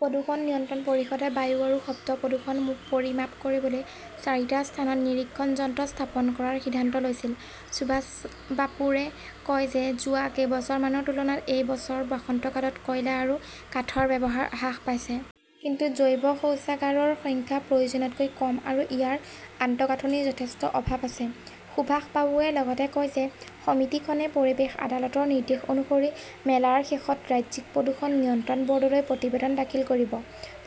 প্ৰদূষণ নিয়ন্ত্ৰণ পৰিষদে বায়ু আৰু শব্দ প্ৰদূষণ পৰিমাপ কৰিবলৈ চাৰিটা স্থানত নিৰীক্ষণ যন্ত্ৰ স্থাপন কৰাৰ সিদ্ধান্ত লৈছিল। সুভাষ বাবুৰে কয় যে যোৱা কেইবছৰমানৰ তুলনাত এই বছৰৰ বসন্তকালত কয়লা আৰু কাঠৰ ব্যৱহাৰ হ্ৰাস পাইছে। কিন্তু, জৈৱ শৌচাগাৰৰ সংখ্যা প্ৰয়োজনতকৈ কম আৰু ইয়াৰ আন্তঃগাঁথনিৰ যথেষ্ট অভাৱ আছে। সুভাষ বাবুৱে লগতে কয় যে সমিতিখনে পৰিৱেশ আদালতৰ নিৰ্দেশ অনুসৰি মেলাৰ শেষত ৰাজ্যিক প্ৰদূষণ নিয়ন্ত্ৰণ বৰ্ডলৈ প্ৰতিবেদন দাখিল কৰিব।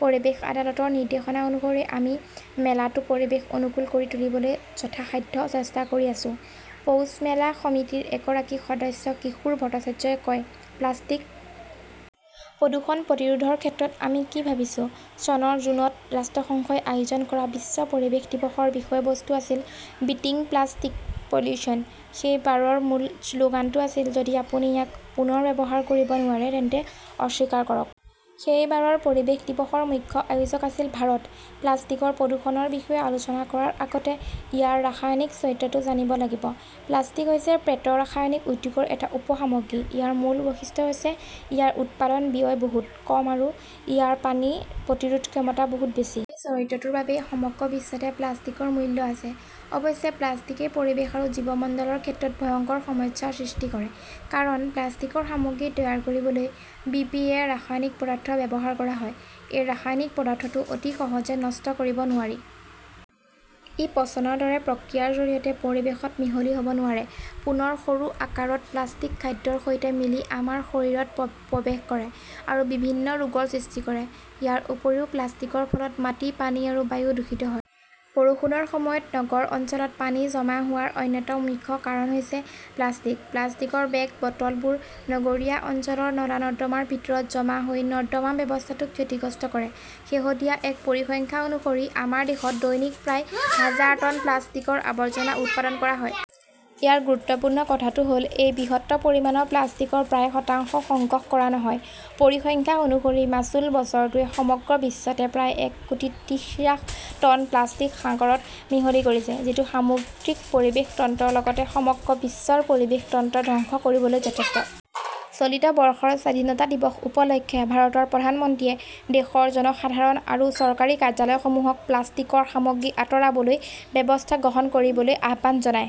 পৰিৱেশ আদালতৰ নিৰ্দেশনা অনুসৰি আমি মেলাটো পৰিৱেশ অনুকূল কৰি তুলিবলৈ যথাসাধ্য চেষ্টা কৰি আছো, পৌছমেলা সমিতিৰ এগৰাকী সদস্য কিশোৰ ভট্টাচাৰ্যই কয়। প্লাষ্টিক প্ৰদূষণ প্ৰতিৰোধৰ ক্ষেত্ৰত আমি কি ভাবিছোঁ চনৰ জুনত ৰাষ্ট্ৰসংঘই আয়োজন কৰা বিশ্ব পৰিৱেশ দিৱসৰ বিষয়বস্তু আছিল 'বিটিঙ প্লাষ্টিক পলিউশ্যন। সেই বাৰৰ মূল শ্লোগানটো আছিল, যদি আপুনি ইয়াক পুনৰ ব্যৱহাৰ কৰিব নোৱাৰে তেন্তে অস্বীকাৰ কৰক। 'সেই বাৰৰ পৰিৱেশ দিৱসৰ মুখ্য আয়োজক আছিল ভাৰত। প্লাষ্টিকৰ প্ৰদূষণৰ বিষয়ে আলোচনা কৰাৰ আগতে ইয়াৰ ৰাসায়নিক চৰিত্ৰটো জানিব লাগিব। প্লাষ্টিক হৈছে পেট্ৰ ৰাসায়নিক উদ্যোগৰ এটা উপ-সামগ্ৰী। ইয়াৰ মূল বৈশিষ্ট্য হৈছে ইয়াৰ উৎপাদন ব্যয় বহুত কম আৰু ইয়াৰ পানীৰ প্ৰতিৰোধ ক্ষমতা বহুত বেছি। এই চৰিত্ৰটোৰ বাবেই সমগ্ৰ বিশ্বতে প্লাষ্টিকৰ মূল্য আছে। অৱশ্যে, প্লাষ্টিকই পৰিৱেশ আৰু জীৱমণ্ডলৰ ক্ষেত্ৰত ভয়ংকৰ সমস্যাৰ সৃষ্টি কৰে। কাৰণ, প্লাষ্টিকৰ সামগ্ৰী তৈয়াৰ কৰিবলৈ বি. পি. এ. ৰাসায়নিক পদাৰ্থ ব্যৱহাৰ কৰা হয়। এই ৰাসায়নিক পদাৰ্থটো অতি সহজে নষ্ট কৰিব নোৱাৰি। ই পচনৰ দৰে প্ৰক্ৰিয়াৰ জৰিয়তে পৰিৱেশত মিহলি হব নোৱাৰে। পুনৰ সৰু আকাৰত প্লাষ্টিক খাদ্যৰ সৈতে মিলি আমাৰ শৰীৰত প্ৰৱেশ কৰে আৰু বিভিন্ন ৰোগৰ সৃষ্টি কৰে। ইয়াৰ উপৰিও প্লাষ্টিকৰ ফলত মাটি, পানী আৰু বায়ু দূষিত হয়। বৰষুণৰ সময়ত নগৰ অঞ্চলত পানী জমা হোৱাৰ অন্যতম মুখ্য কাৰণ হৈছে প্লাষ্টিক। প্লাষ্টিকৰ বেগ, বটলবোৰ নগৰীয়া অঞ্চলৰ নলা-নৰ্দমাৰ ভিতৰত জমা হৈ নৰ্দমা ব্যৱস্থাটোক ক্ষতিগ্ৰস্ত কৰে। শেহতীয়া এক পৰিসংখ্যা অনুসৰি, আমাৰ দেশত দৈনিক প্ৰায় হাজাৰ টন প্লাষ্টিকৰ আৱৰ্জনা উৎপাদন কৰা হয়। ইয়াৰো গুৰুত্বপূৰ্ণ কথাটো হল, এই বৃহৎ পৰিমাণৰ প্লাষ্টিকৰ প্ৰায় শতাংশ সংগ্ৰহ কৰা নহয়। পৰিসংখ্যা অনুসৰি, মাচুল-বছৰটোৱে সমগ্ৰ বিশ্বতে প্ৰায় এক কোটি ত্ৰিশ লাখ টন প্লাষ্টিক সাগৰত মিহলি কৰিছে। যিটো সামুদ্ৰিক পৰিৱেশ তন্ত্ৰৰ লগতে সমগ্ৰ বিশ্বৰ পৰিৱেশ তন্ত্ৰ ধ্বংস কৰিবলৈ যথেষ্ট। চলিত বৰ্ষৰ স্বাধীনতা দিৱস উপলক্ষে ভাৰতৰ প্ৰধানমন্ত্ৰীয়ে দেশৰ জনসাধাৰণ আৰু চৰকাৰী কাৰ্যালয়সমূহক প্লাষ্টিকৰ সামগ্ৰী আঁতৰাবলৈ ব্যৱস্থা গ্ৰহণ কৰিবলৈ আহ্বান জনায়।